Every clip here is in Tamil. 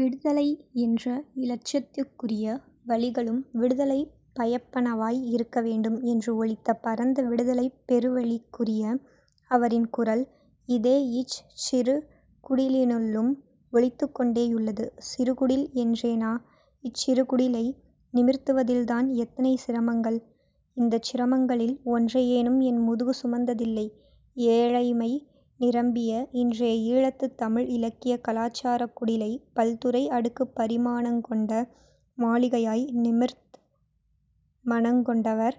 விடுதலை என்ற இலட்சத்துக்குரிய வழிகளும் விடுதலை பயப்பனவாய் இருக்கவேண்டும் என்று ஒலித்த பரந்த விடுதலைப் பெருவெளிக்குரிய அவரின் குரல் இதே இச் சிறுகுடிலினுள்ளும் ஒலித்துக்கொண்டேயுள்ளது சிறுகுடில் என்றேனா? இச் சிறுகுடிலை நிமிர்த்துவதில்தான் எத்தனை சிரமங்கள். இந்தச் சிரமங்களில் ஒன்றையேனும் என் முதுகு சுமந்ததில்லை ஏழைமை நிரம்பிய இன்றைய ஈழத்துத் தமிழ் இலக்கிய கலாசாரக் குடிலை பல்துறை அடுக்குப் பரிமாணங்கொண்ட மாளிகையாய் நிமிர்த் மனங்கொண்டவர்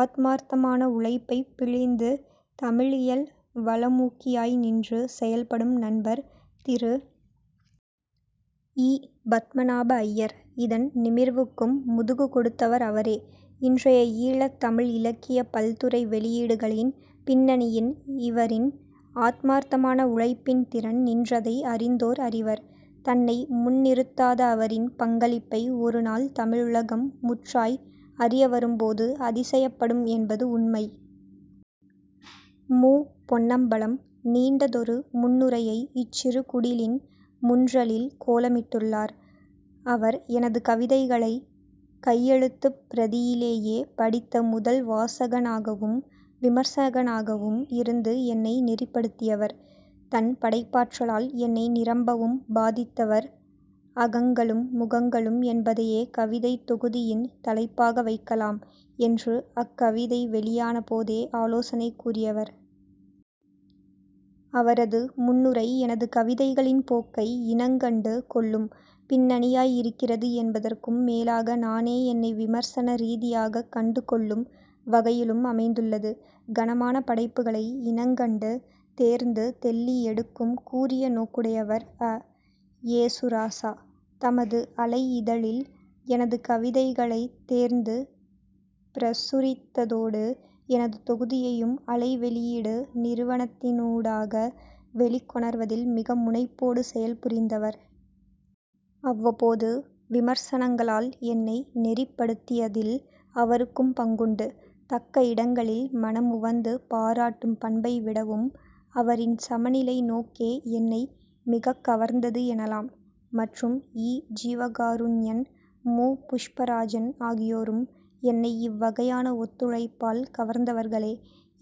ஆத்மார்த்தமான உழைப்பைப் பிழிந்து தமிழியல் வளமூக்கியாய் நின்று செயல்படும் நண்பர் திரு. இ. பத்மநாப ஐயர். இதன் நிமிர்வுக்கும் முதுகு கொடுத்தவர் அவரே. இன்றைய ஈழத் தமிழ் இலக்கிய பல்துறை வெளியீடுகளின் பின்னணியின் இவரின் ஆத்மார்த்தமான உழைப்பின் திறன் நின்றதை அறிந்தோர் அறிவர். தன்னை முன்னிறுத்தாத அவரின் பங்களிப்பை ஒருநாள் தமிழுலகம் முற்றாய் அறியவரும்போது அதிசயப்படும் என்பது உண்மை. மு. பொன்னம்பலம் நீண்டதொரு முன்னுரையை இச் சிறுகுடிலின் முன்றலில் கோலமிட்டுள்ளார். அவர் எனது கவிதைகளைக் கையெழுத்துப் பிரதியிலேயே படித்த முதல் வாசகனாகவும் விமர்சகனாகவும் இருந்து என்னை நெறிப்படுத்தியவர். தன் படைப்பாற்றலால் என்னை நிரம்பவும் பாதித்தவர் அகங்களும் முகங்களும் என்பதையே கவிதைத் தொகுதியின் தலைப்பாக வைக்கலாம் என்று அக் கவிதை வெளியான போதே ஆலோசனை கூறியவர். அவரது முன்னுரை எனது கவிதைகளின் போக்கை இனங்கண்டு கொள்ளும் பின்னணியாய் இருக்கிறது என்பதற்கும் மேலாக நானே என்னை விமர்சன ரீதியாகக் கண்டுகொள்ளும் வகையிலும் அமைந்துள்ளது. கனமான படைப்புகளை இனங்கண்டு தேர்ந்து தெள்ளி எடுக்கும் கூரிய நோக்குடையவர் அ. யேசுராசா. தமது அலை இதழில் எனது கவிதைகளைத் தேர்ந்து பிரசுரித்ததோடு எனது தொகுதியையும் அலை வெளியீடு நிறுவனத்தினூடாக வெளிக் கொணர்வதில் மிக முனைப்போடு செயல்புரிந்தவர். அவ்வப்போது விமர்சனங்களால் என்னை நெறிப்படுத்தியதில் அவருக்கும் பங்குண்டு. தக்க இடங்களில் மனமுவந்து பாராட்டும் பண்பைவிடவும் அவரின் சமநிலை நோக்கே என்னை மிகக் கவர்ந்தது எனலாம் மற்றும் இ. ஜீவகாருண்யன் மு. புஷ்பராஜன் ஆகியோரும் என்னை இவ்வகையான ஒத்துழைப்பால் கவர்ந்தவர்களே.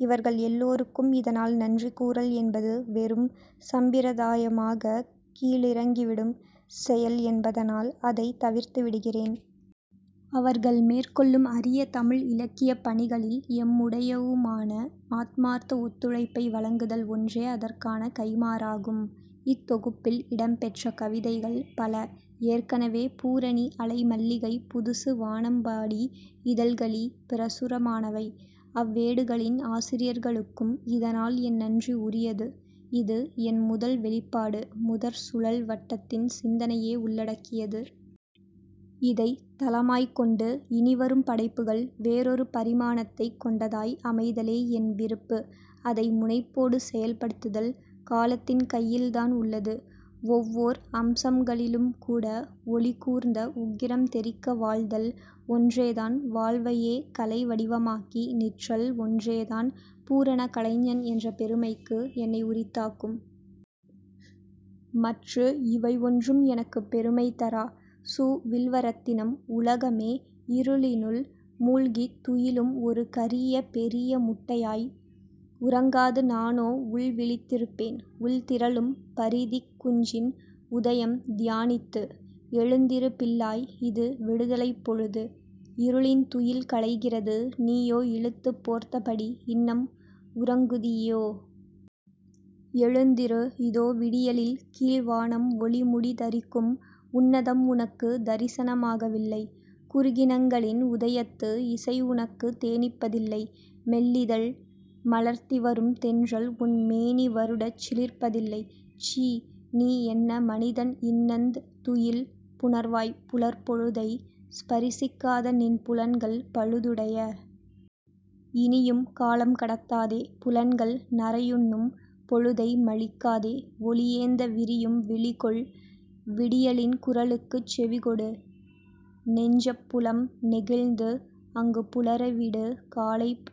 இவர்கள் எல்லோருக்கும் இதனால் நன்றி கூறல் என்பது வெறும் சம்பிரதாயமாகக் கீழிறங்கிவிடும் செயல் என்பதனால் அதைத் தவிர்த்துவிடுகிறேன். அவர்கள் மேற்கொள்ளும் அரிய தமிழ் இலக்கியப்பணிகளில் எம்முடையவுமான ஆத்மார்த்த ஒத்துழைப்பை வழங்குதல் ஒன்றே அதற்கான கைமாறாகும். இத்தொகுப்பில் இடம்பெற்ற கவிதைகள் பல ஏற்கனவே பூரணி அலை மல்லிகை புதுசு வானம்பாடி இதழ்களி பிரசுரமானவை. அவ்வேடுகளின் ஆசிரியர்களுக்கும் இதனால் என் நன்றி உரியது. இது என் முதல் வெளிப்பாடு முதற் சுழல் வட்டத்தின் சிந்தனையே உள்ளடக்கியது. இதைத் தளமாய்க்கொண்டு இனிவரும் படைப்புகள் வேறொரு பரிமாணத்தைக் கொண்டதாய் அமைதலே என் விருப்பு. அதை முனைப்போடு செயல்படுத்துதல் காலத்தின் கையில்தான் உள்ளது. ஒவ்வோர் அம்சங்களிலும்கூட ஒளிகூர்ந்த உக்கிரம் தெறிக்க வாழ்தல் ஒன்றேதான் வாழ்வையே கலை வடிவமாக்கி நிற்றல் ஒன்றேதான் பூரண கலைஞன் என்ற பெருமைக்கு என்னை உரித்தாக்கும். மற்று இவை ஒன்றும் எனக்குப் பெருமை தரா. சு. வில்வரத்தினம் உலகமே இருளினுள் மூழ்கித் துயிலும் ஒரு கரீய பெரீய முட்டையாய். உறங்காது நானோ உள்விழித்திருப்பேன். உள்திரளும் பரிதிக் குஞ்சின் உதயம் தியானித்து. எழுந்திரு பிள்ளாய் இது விடுதலைப் பொழுது இருளின் துயில் கலைகிறது நீயோ இழுத்துப் போர்த்தபடி இன்னம் உறங்குதியோ? எழுந்திரு. இதோ விடியலில் கீழ் வானம் ஒளிமுடி தரிக்கும் உன்னதம் உனக்குத் தரிசனமாகவில்லை. குருகினங்களின் உதயத்து இசை உனக்குத் தேனிப்பதில்லை. மெல்லிதழ் மலர்த்தி வரும் தென்றல் உன் மேனி வருடச் சிலிர்ப்பதில்லை. சீ! நீ என்ன மனிதன் இன்னந் துயில் புணர்வாய் புலர் பொழுதை ஸ்பரிசிக்காத நின் புலன்கள் பழுதுடைய. இனியும் காலம் கடத்தாதே புலன்கள் நறையுண்ணும் பொழுதை மழிக்காதே. ஒலியேந்தவிரியும் விழிகொள் விடியலின் குரலுக்குச் செவிகொடு. நெஞ்சப்புலம் நெகிழ்ந்து அங்கு புலரவிடு காலைப்